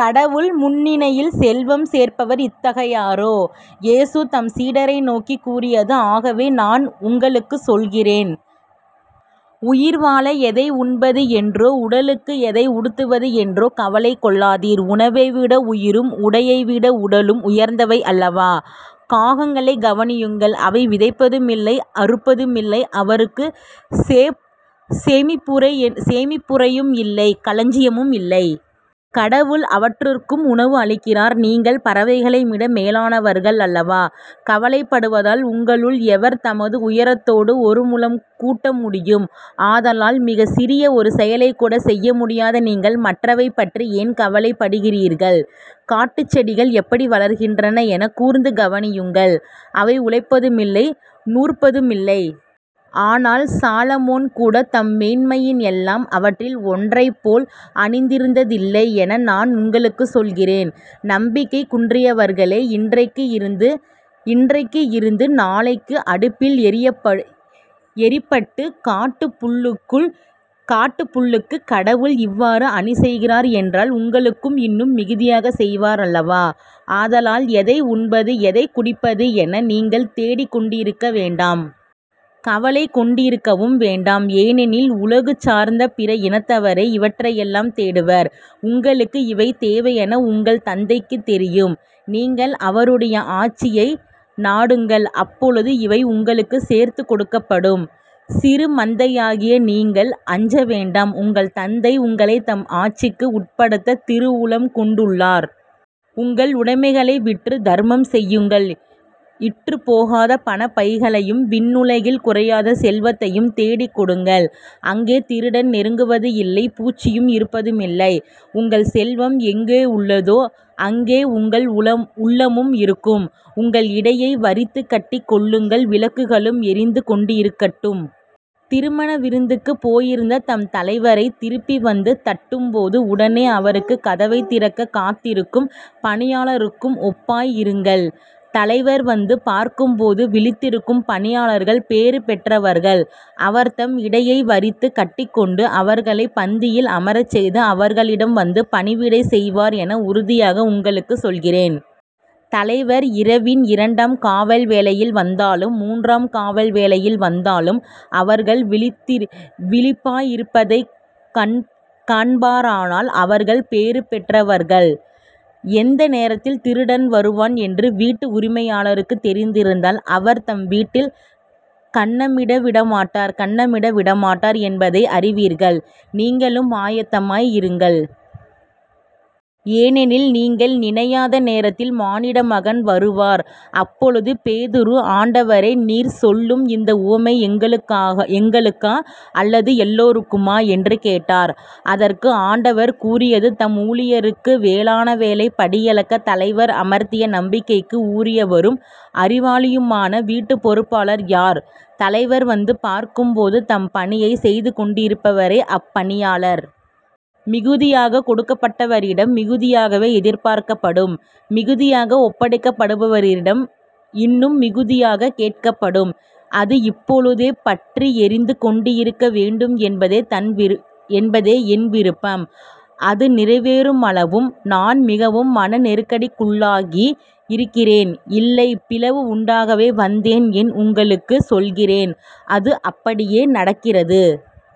கடவுள் முன்னிலையில் செல்வம் சேர்ப்பவர் இத்தகையோரே. இயேசு தம் சீடரை நோக்கிக் கூறியதுஆகவே நான் உங்களுக்குச் சொல்கிறேன் உயிர்வாழ எதை உண்பது என்றோ உடலுக்கு எதை உடுத்துவது என்றோ கவலை கொள்ளாதீர். உணவைவிட உயிரும் உடையைவிட உடலும் உயர்ந்தவை அல்லவா? காகங்களைக் கவனியுங்கள் அவை விதைப்பதுமில்லை அறுப்பதுமில்லை அவற்றுக்குச் சேமிப்பறையுமில்லை களஞ்சியமுமில்லை. கடவுள் அவற்றுக்கும் உணவு அளிக்கிறார். நீங்கள் பறவைகளைவிட மேலானவர்கள் அல்லவா? கவலைப்படுவதால் உங்களுள் எவர் தமது உயரத்தோடு ஒரு முழம் கூட்ட முடியும்? ஆதலால் மிகச் சிறிய ஒரு செயலைக் கூடச் செய்யமுடியாத நீங்கள் மற்றவை பற்றி ஏன் கவலைப்படுகிறீர்கள்? காட்டுச் செடிகள் எப்படி வளர்கின்றன எனக் கூர்ந்து கவனியுங்கள் அவை உழைப்பதுமில்லை நூற்பதுமில்லை. ஆனால் சாலமோன்கூடத் தம் மேன்மையிலெல்லாம் அவற்றில் ஒன்றைப்போல் அணிந்திருந்ததில்லை என நான் உங்களுக்குச் சொல்கிறேன். நம்பிக்கை குன்றியவர்களே இன்றைக்கு இருந்து நாளைக்கு அடுப்பில் எறிப்படும் காட்டுப் புல்லுக்குக் கடவுள் இவ்வாறு அணிசெய்கிறார் என்றால் உங்களுக்கு இன்னும் மிகுதியாகச் செய்வார் அல்லவா. ஆதலால் எதை உண்பது எதைக் குடிப்பது என நீங்கள் தேடிக்கொண்டிருக்க வேண்டாம். கவலை கொண்டிருக்கவும் வேண்டாம். ஏனெனில் உலகு சார்ந்த பிற இனத்தவரே இவற்றையெல்லாம் தேடுவர். உங்களுக்கு இவை தேவையென உங்கள் தந்தைக்குத் தெரியும். நீங்கள் அவருடைய ஆட்சியை நாடுங்கள் அப்பொழுது இவை உங்களுக்குச் சேர்த்துக் கொடுக்கப்படும். சிறு மந்தையாகிய நீங்கள் அஞ்ச வேண்டாம் உங்கள் தந்தை உங்களைத் தம் ஆட்சிக்கு உட்படுத்தத் திருவுளம் கொண்டுள்ளார். உங்கள் உடைமைகளை விற்றுத் தர்மம் செய்யுங்கள் இற்றுப்போகாத பணப்பைகளையும் விண்ணுலகில் குறையாத செல்வத்தையும் தேடிக் கொள்ளுங்கள் அங்கே திருடன் நெருங்குவதில்லை. பூச்சியும் இருப்பது இல்லை. உங்கள் செல்வம் எங்கு உள்ளதோ அங்கே உங்கள் உள்ளமும் இருக்கும். உங்கள் இடையை வரிந்துகட்டிக் கொள்ளுங்கள். விளக்குகளும் எரிந்து கொண்டிருக்கட்டும். திருமண விருந்துக்குப் போயிருந்த தம் தலைவர் திரும்பி வந்து தட்டும்போது உடனே அவருக்குக் கதவைத் திறக்கக் காத்திருக்கும் பணியாளருக்கு ஒப்பாய் இருங்கள். தலைவர் வந்து பார்க்கும்போது விழித்திருக்கும் பணியாளர்கள் பேறு பெற்றவர்கள். அவர் தம் இடையை வரிந்து கட்டிக்கொண்டு அவர்களைப் பந்தியில் அமரச் செய்து அவர்களிடம் வந்து பணிவிடை செய்வார் என உறுதியாக உங்களுக்குச் சொல்கிறேன். தலைவர் இரவின் இரண்டாம் காவல் வேளையில் வந்தாலும் மூன்றாம் காவல் வேளையில் வந்தாலும் அவர்கள் விழிப்பாயிருப்பதைக் காண்பாரானால் அவர்கள் பேறுபெற்றவர்கள். எந்த நேரத்தில் திருடன் வருவான் என்று வீட்டு உரிமையாளருக்குத் தெரிந்திருந்தால் அவர் தம் வீட்டில் கன்னமிட விடமாட்டார் என்பதை அறிவீர்கள். நீங்களும் ஆயத்தமாய் இருங்கள். ஏனெனில் நீங்கள் நினையாத நேரத்தில் மானிடமகன் வருவார். அப்பொழுது பேதுரு ஆண்டவரே நீர் சொல்லும் இந்த உவமை எங்களுக்கா? அல்லது எல்லாருக்குமா? என்று கேட்டார். அதற்கு ஆண்டவர் கூறியதுதம் ஊழியருக்கு வேளா வேளை படியளக்கத் தலைவர் அமர்த்திய நம்பிக்கைக்கு உரியவரும் அறிவாளியுமான வீட்டுப்பொறுப்பாளர் யார்? தலைவர் வந்து பார்க்கும் போது தம் பணியைச் செய்துகொண்டிருப்பவரே அப்பணியாளர். மிகுதியாகக் கொடுக்கப்பட்டவரிடம் மிகுதியாகவே எதிர்பார்க்கப்படும். மிகுதியாக ஒப்படைக்கப்படுபவரிடம் இன்னும் மிகுதியாகக் கேட்கப்படும். அது இப்பொழுதே பற்றி எரிந்து கொண்டிருக்க வேண்டும் என்பதே என் விருப்பம். அது நிறைவேறுமளவும் நான் மிகவும் மன நெருக்கடிக்குள்ளாகி இருக்கிறேன். இல்லை பிளவு உண்டாக்கவே வந்தேன் என் உங்களுக்குச் சொல்கிறேன். அது அப்படியே நடக்கிறது.